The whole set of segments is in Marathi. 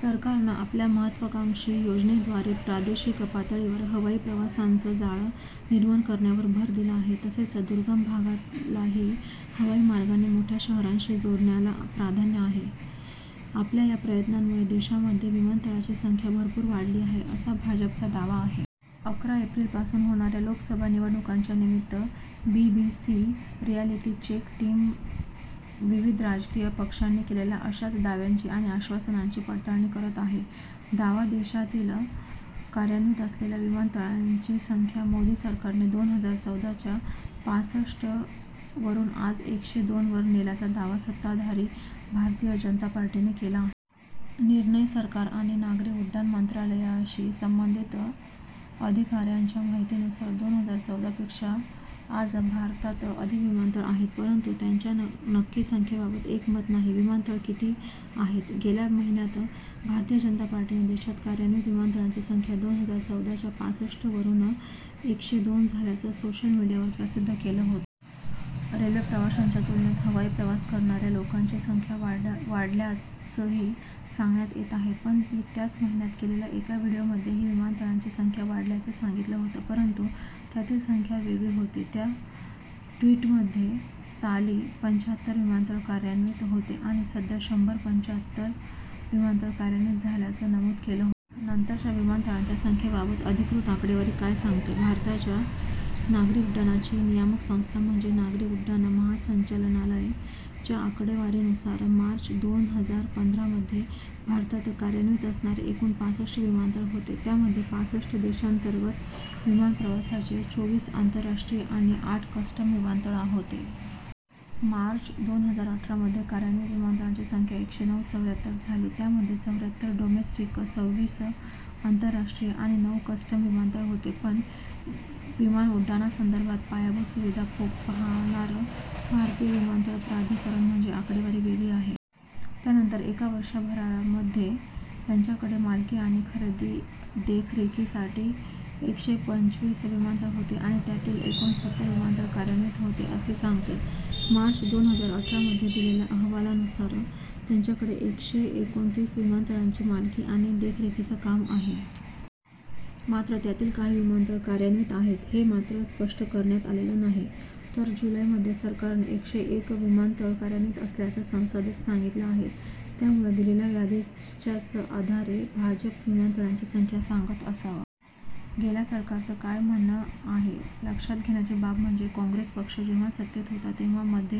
सरकारनं आपल्या महत्त्वाकांक्षी योजनेद्वारे प्रादेशिक पातळीवर हवाई प्रवासाचं जाळं निर्माण करण्यावर भर दिला आहे. तसेच दुर्गम भागालाही हवाई मार्गाने मोठ्या शहरांशी जोडण्याला प्राधान्य आहे. आपल्या या प्रयत्नांमुळे देशामध्ये विमानतळांची संख्या भरपूर वाढली आहे, असा भाजपचा दावा आहे. अकरा एप्रिलपासून होणाऱ्या लोकसभा निवडणुकांच्या निमित्त बीबीसी रिअॅलिटी चेक टीम विविध राजकीय पक्षांनी केलेल्या अशाच दाव्यांची आणि आश्वासनांची पडताळणी करत आहे. दावाः देशातील कार्यान्वित असलेल्या विमानतळांची संख्या मोदी सरकारने दोन हजार चौदा च्या पासष्ट वरून आज एकशे दोन वर नेल्याचा दावा सत्ताधारी भारतीय जनता पार्टीने केला आहे. निर्णयः सरकार आणि नागरी उड्डाण मंत्रालयाशी संबंधित अधिकाऱ्यांच्या माहितीनुसार दोन हजार चौदा पेक्षा आज भारतात अधिक विमानतळ आहेत. परंतु त्यांच्या नक्की संख्येबाबत एकमत नाही. विमानतळं किती आहेत? गेल्या महिन्यात भारतीय जनता पार्टीने देशात कार्यान्वित विमानतळांची संख्या दोन हजार चौदा च्या पासष्ट वरून एकशे दोन झाल्याचं सोशल मीडियावर प्रसिद्ध केलं होतं. रेल्वेप्रवाशांच्या तुलनेत हवाई प्रवास करणाऱ्या लोकांची संख्या वाढल्याचंही सांगण्यात येत आहे. पण त्याच महिन्यात केलेल्या एका व्हीडिओमध्येही विमानतळांची संख्या वाढल्याचं सांगितलं होतं. परंतु त्यातील संख्या वेगळी होती. त्या ट्वीटमध्ये साली पंच्याहत्तर विमानतळ कार्यान्वित होते आणि सध्या शंभर पंच्याहत्तर विमानतळ कार्यान्वित झाल्याचं नमूद केलं होतं. नंतरच्या विमानतळांच्या संख्येबाबत अधिकृत आकडेवारी काय सांगते? भारताच्या नागरी उड्डाणाची नियामक संस्था, म्हणजे नागरी उड्डाण महासंचालनालय च्या आकडेवारीनुसार, मार्च दोन हजार पंधरा मध्ये भारतात कार्यान्वित असणारे एकूण पासष्ट विमानतळ होते. त्यामध्ये पासष्ट देशांतर्गत विमानप्रवासाचे, चोवीस आंतरराष्ट्रीय आणि आठ कस्टम विमानतळ होते. मार्च दोन हजार अठरा मध्ये कार्यान्वित विमानतळांची संख्या एकशे नऊ चौऱ्याहत्तर झाली. त्यामध्ये चौऱ्याहत्तर डोमेस्टिक, संविस आंतरराष्ट्रीय आणि नऊ कस्टम विमानतळ होते. पण विमानउड्डाणासंदर्भात पायाभूत सुविधा पाहाणारं भारतीय विमानतळ प्राधिकरण म्हणजे आकडेवारी वेगळी आहे. त्यानंतर एका वर्षभरामध्ये त्यांच्याकडे मालकी आणि देखरेखीसाठी एकशे पंचवीस विमानतळ होते आणि त्यातील एकोणसत्तर विमानतळ कार्यान्वित होते, असे सांगते. मार्च दोन हजार अठरा मध्ये दिलेल्या अहवालानुसार, त्यांच्याकडे एकशे एकोणतीस विमानतळांची मालकी आणि देखरेखीच काम आहे. मात्र त्यातील किती विमानतळ कार्यान्वित आहेत, हे मात्र स्पष्ट करण्यात आलेलं नाही. तर जुलै मध्ये सरकारने एकशे एक विमानतळ कार्यान्वित असल्याचं संसदेत सांगितलं आहे. त्यामुळं दिलेल्या यादीच्याच आधारे भाजप विमानतळांची संख्या सांगत असावं. गेल्या सरकारचं काय म्हणणं आहे? लक्षात घेण्याची बाब म्हणजे काँग्रेस पक्ष जेव्हा सत्तेत होता, तेव्हा मध्ये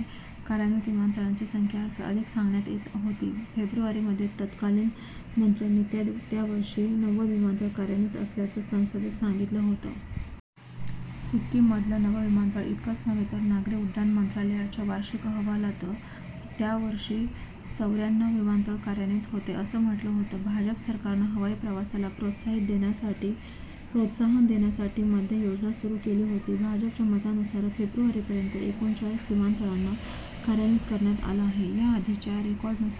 कार्यान्वित विमानतळांची संख्या अधिक सांगण्यात येत होती. फेब्रुवारी मध्ये तत्कालीन मंत्र्यांनी त्या वर्षी नवद विमानतळ कार्यान्वित असल्याचं संसदेत सांगितलं होतं. सिक्किममधलं नवं विमानतळ इतकंच नव्हे तर नागरी उड्डाण मंत्रालयाच्या वार्षिक अहवालात त्यावर्षी चौऱ्याण्णव विमानतळ कार्यान्वित होते, असं म्हटलं होतं. भाजप सरकारनं हवाई प्रवासाला प्रोत्साहन देण्यासाठी मध्ये योजना सुरू केली होती. भाजपच्या मतानुसार, फेब्रुवारी पर्यंत एकोणचाळीस विमानतळांना कार्यान्वित करण्यात आलं आहे. या आधीच्या रेकॉर्डनुसार काही